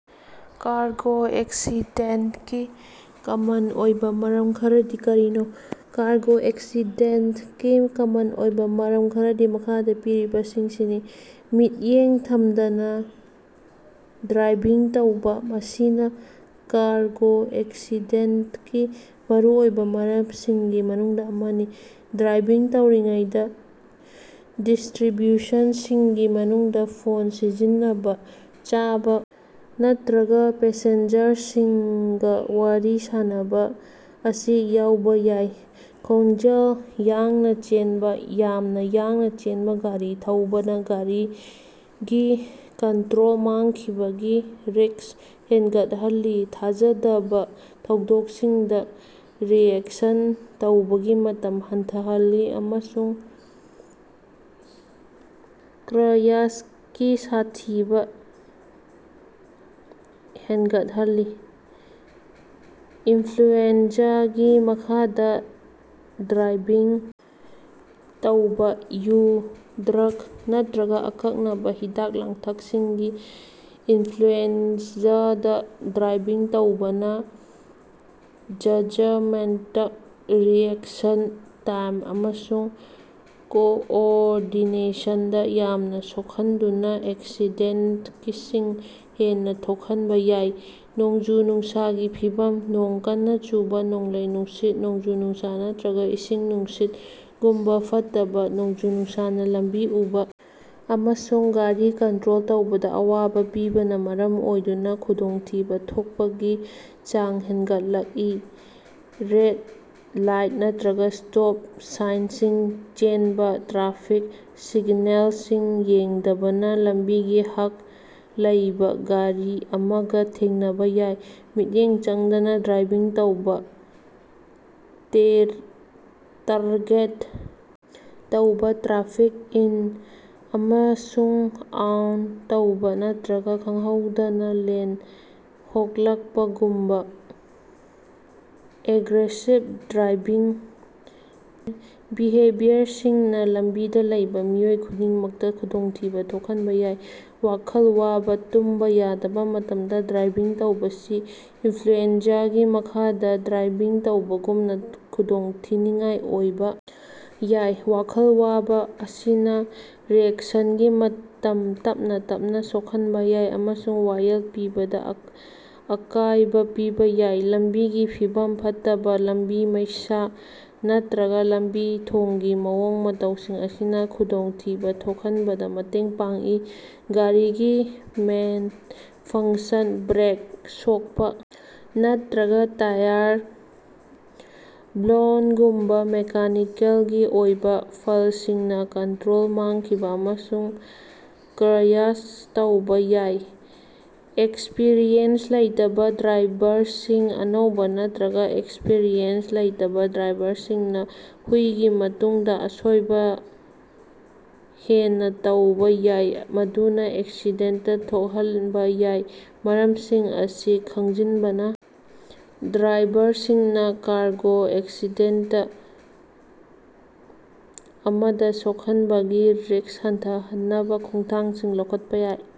Cargo ꯑꯦꯛꯁꯤꯗꯦꯟꯇꯀꯤ common ꯑꯣꯏꯕ ꯃꯔꯝ ꯈꯔꯗꯤ ꯀꯔꯤꯅꯣ? ꯀꯥꯔꯒꯣ ꯑꯦꯛꯁꯤꯗꯦꯟꯇꯀꯤ ꯀꯃꯟ ꯑꯣꯏꯕ ꯃꯔꯝ ꯈꯔꯗꯤ ꯃꯈꯥꯗ ꯄꯤꯔꯤꯕꯁꯤꯡꯁꯤꯅꯤ: ꯃꯤꯠꯌꯦꯡ ꯊꯝꯗꯅ ꯗ꯭ꯔꯥꯏꯚꯤꯡ ꯇꯧꯕ: ꯃꯁꯤꯅ ꯀꯥꯔꯒꯣ ꯑꯦꯛꯁꯤꯗꯦꯟꯇꯀꯤ ꯃꯔꯨꯑꯣꯏꯕ ꯃꯔꯝꯁꯤꯡꯒꯤ ꯃꯅꯨꯡꯗ ꯑꯃꯅꯤ꯫ ꯗ꯭ꯔꯥꯏꯚꯤꯡ ꯇꯧꯔꯤꯉꯩꯗ ꯗꯤꯁꯇ꯭ꯔꯤꯕ꯭ꯌꯨꯁꯟꯁꯤꯡꯒꯤ ꯃꯅꯨꯡꯗ ꯐꯣꯟ ꯁꯤꯖꯤꯟꯅꯕ, ꯆꯥꯕ ꯅꯠꯇ꯭ꯔꯒ ꯄꯦꯁꯦꯟꯖꯔꯁꯤꯡꯒ ꯋꯥꯔꯤ ꯁꯥꯅꯕ ꯑꯁꯤ ꯌꯥꯎꯕ ꯌꯥꯏ꯫ ꯈꯣꯡꯖꯦꯜ ꯌꯥꯡꯅ ꯆꯦꯟꯕ: ꯌꯥꯝꯅ ꯌꯥꯡꯅ ꯆꯦꯟꯕ ꯒꯥꯔꯤ ꯊꯧꯕꯅ ꯒꯥꯔꯤꯒꯤ ꯀꯟꯇ꯭ꯔꯣꯜ ꯃꯥꯡꯈꯤꯕꯒꯤ ꯔꯤꯁ꯭ꯛ ꯍꯦꯟꯒꯠꯍꯜꯂꯤ, ꯊꯥꯖꯗꯕ ꯊꯧꯗꯣꯛꯁꯤꯡꯗ ꯔꯤꯑꯦꯛꯁꯟ ꯇꯧꯕꯒꯤ ꯃꯇꯝ ꯍꯟꯊꯍꯜꯂꯤ ꯑꯃꯁꯨꯡ ꯀ꯭ꯔꯌꯥꯁꯀꯤ ꯁꯥꯊꯤꯕ ꯍꯦꯟꯒꯠꯍꯜꯂꯤ꯫ ꯏꯟꯐ꯭ꯂꯨꯑꯦꯟꯖꯥꯒꯤ ꯃꯈꯥꯗ ꯗ꯭ꯔꯥꯏꯚꯤꯡ ꯇꯧꯕꯥ: ꯌꯨ, ꯗ꯭ꯔꯒ ꯅꯠꯇ꯭ꯔꯒ ꯑꯀꯛꯅꯕ ꯍꯤꯗꯥꯛ-ꯂꯥꯡꯊꯛꯁꯤꯡꯒꯤ ꯏꯟꯐ꯭ꯂꯨꯑꯦꯟꯖꯥꯗ ꯗ꯭ꯔꯥꯏꯚꯤꯡ ꯇꯧꯕꯅ ꯖꯖꯃꯦꯟꯇ, ꯔꯤꯑꯦꯛꯁꯟ ꯇꯥꯏꯝ ꯑꯃꯁꯨꯡ ꯀꯣꯑꯣꯔꯗꯤꯅꯦꯁꯟꯗ ꯌꯥꯝꯅ ꯁꯣꯛꯍꯟꯗꯨꯅ ꯑꯦꯛꯁꯤꯗꯦꯟꯇꯁꯤꯡ ꯍꯦꯟꯅ ꯊꯣꯛꯍꯟꯕ ꯌꯥꯏ꯫ ꯅꯣꯡꯖꯨ-ꯅꯨꯡꯁꯥꯒꯤ ꯐꯤꯚꯝ: ꯅꯣꯡ ꯀꯟꯅ ꯆꯨꯕ, ꯅꯣꯡꯂꯩ-ꯅꯨꯡꯁꯤꯠ, ꯅꯣꯡꯖꯨ-ꯅꯨꯡꯁꯥ, ꯅꯠꯇ꯭ꯔꯒ ꯏꯁꯤꯡ-ꯅꯨꯡꯁꯤꯠꯒꯨꯝꯕ ꯐꯠꯇꯕ ꯅꯣꯡꯖꯨ-ꯅꯨꯡꯁꯥꯅ ꯂꯝꯕꯤ ꯎꯕ ꯑꯃꯁꯨꯡ ꯒꯥꯔꯤ ꯀꯟꯇ꯭ꯔꯣꯜ ꯇꯧꯕꯗ ꯑꯋꯥꯕ ꯄꯤꯕꯅ ꯃꯔꯝ ꯑꯣꯏꯗꯨꯅ ꯈꯨꯗꯣꯡꯊꯤꯕ ꯊꯣꯛꯄꯒꯤ ꯆꯥꯡ ꯍꯦꯟꯒꯠꯂꯛꯏ꯫ ꯔꯦꯗ ꯂꯥꯏꯠ ꯅꯠꯇ꯭ꯔꯒ ꯁ꯭ꯇꯣꯞ ꯁꯥꯏꯟꯁꯤꯡ ꯆꯦꯟꯕ: ꯇ꯭ꯔꯥꯐꯤꯛ ꯁꯤꯒꯅꯦꯜꯁꯤꯡ ꯌꯦꯡꯗꯕꯅ ꯂꯝꯕꯤꯒꯤ ꯍꯛ ꯂꯩꯕ ꯒꯥꯔꯤ ꯑꯃꯒ ꯊꯦꯡꯅꯕ ꯌꯥꯏ꯫ ꯃꯤꯠꯌꯦꯡ ꯆꯪꯗꯅ ꯗ꯭ꯔꯥꯏꯚꯤꯡ ꯇꯧꯕ: ꯇꯦꯔꯒꯦꯠ ꯇꯧꯕ, ꯇ꯭ꯔꯥꯐꯤꯛ ꯏꯟ ꯑꯃꯁꯨꯡ ꯑꯥꯎꯠ ꯇꯧꯕ ꯅꯠꯇ꯭ꯔꯒ ꯈꯪꯍꯧꯗꯅ ꯂꯦꯟ ꯍꯣꯡꯂꯛꯄꯒꯨꯝꯕ ꯑꯦꯒ꯭ꯔꯦꯁꯤꯚ ꯗ꯭ꯔꯥꯏꯚꯤꯡ ꯕꯤꯍꯦꯕꯤꯌꯔꯁꯤꯡꯅ ꯂꯝꯕꯤꯗ ꯂꯩꯕ ꯃꯤꯑꯣꯏ ꯈꯨꯗꯤꯡꯃꯛꯇ ꯈꯨꯗꯣꯡꯊꯤꯕ ꯊꯣꯛꯍꯟꯕ ꯌꯥꯏ꯫ ꯋꯥꯈꯜ ꯋꯥꯕ: ꯇꯨꯝꯕ ꯌꯥꯗꯕ ꯃꯇꯝꯗ ꯗ꯭ꯔꯥꯏꯚꯤꯡ ꯇꯧꯕꯁꯤ ꯏꯟꯐ꯭ꯂꯨꯑꯦꯟꯖꯥꯒꯤ ꯃꯈꯥꯗ ꯗ꯭ꯔꯥꯏꯚꯤꯡ ꯇꯧꯕꯒꯨꯝꯅ ꯈꯨꯗꯣꯡꯊꯤꯅꯤꯉꯥꯏ ꯑꯣꯏꯕ ꯌꯥꯏ꯫ ꯋꯥꯈꯜ ꯋꯥꯕ ꯑꯁꯤꯅ ꯔꯤꯑꯦꯛꯁꯟꯒꯤ ꯃꯇꯝ ꯇꯞꯅ ꯇꯞꯅ ꯁꯣꯛꯍꯟꯕ ꯌꯥꯏ ꯑꯃꯁꯨꯡ ꯋꯥꯌꯦꯜ ꯄꯤꯕꯗ ꯑꯀꯥꯏꯕ ꯄꯤꯕ ꯌꯥꯏ꯫ ꯂꯝꯕꯤꯒꯤ ꯐꯤꯚꯝ ꯐꯠꯇꯕ: ꯂꯝꯕꯤ, ꯃꯩꯁꯥ, ꯅꯠꯇ꯭ꯔꯒꯥ ꯂꯝꯕꯤ-ꯊꯣꯡꯒꯤ ꯃꯑꯣꯡ-ꯃꯇꯧꯁꯤꯡ ꯑꯁꯤꯅ ꯈꯨꯗꯣꯡꯊꯤꯕ ꯊꯣꯛꯍꯟꯕꯗ ꯃꯇꯦꯡ ꯄꯥꯡꯏ꯫ ꯒꯥꯔꯤꯒꯤ ꯃꯦꯟꯐꯪꯁꯟ: ꯕ꯭ꯔꯦꯛ ꯁꯣꯛꯄ ꯅꯠꯇ꯭ꯔꯒ ꯇꯌꯥꯔ ꯂꯣꯟꯒꯨꯝꯕ ꯃꯦꯀꯥꯅꯤꯀꯦꯜꯒꯤ ꯑꯣꯏꯕ ꯐꯜꯁꯤꯡꯅ ꯀꯟꯇ꯭ꯔꯣꯜ ꯃꯥꯡꯈꯤꯕ ꯑꯃꯁꯨꯡ ꯀ꯭ꯔꯌꯥꯁ ꯇꯧꯕ ꯌꯥꯏ꯫ ꯑꯦꯛꯁꯄꯤꯔꯤꯑꯦꯟꯁ ꯂꯩꯇꯕ ꯗ꯭ꯔꯥꯏꯚꯔꯁꯤꯡ: ꯑꯅꯧꯕ ꯅꯠꯇ꯭ꯔꯒ ꯑꯦꯛꯁꯄꯤꯔꯤꯑꯦꯟꯁ ꯂꯩꯇꯕ ꯗ꯭ꯔꯥꯏꯚꯔꯁꯤꯡꯅ ꯍꯨꯏꯒꯤ ꯃꯇꯨꯡꯗ ꯑꯁꯣꯏꯕ ꯍꯦꯟꯅ ꯇꯧꯕ ꯌꯥꯏ ꯃꯗꯨꯅ ꯑꯦꯛꯁꯤꯗꯦꯟꯇ ꯊꯣꯜꯍꯟꯕ ꯌꯥꯏ꯫ ꯃꯔꯝꯁꯤꯡ ꯑꯁꯤ ꯈꯪꯖꯤꯟꯕꯅ ꯗ꯭ꯔꯥꯏꯚꯔꯁꯤꯡꯅ ꯀꯥꯔꯒꯣ ꯑꯦꯛꯁꯤꯗꯦꯟꯇ ꯑꯃꯗ ꯁꯣꯛꯍꯟꯕꯒꯤ ꯔꯤꯁ꯭ꯛ ꯍꯟꯊꯍꯟꯅꯕ ꯈꯣꯡꯊꯥꯡꯁꯤꯡ ꯂꯧꯈꯠꯄ ꯌꯥꯏ꯫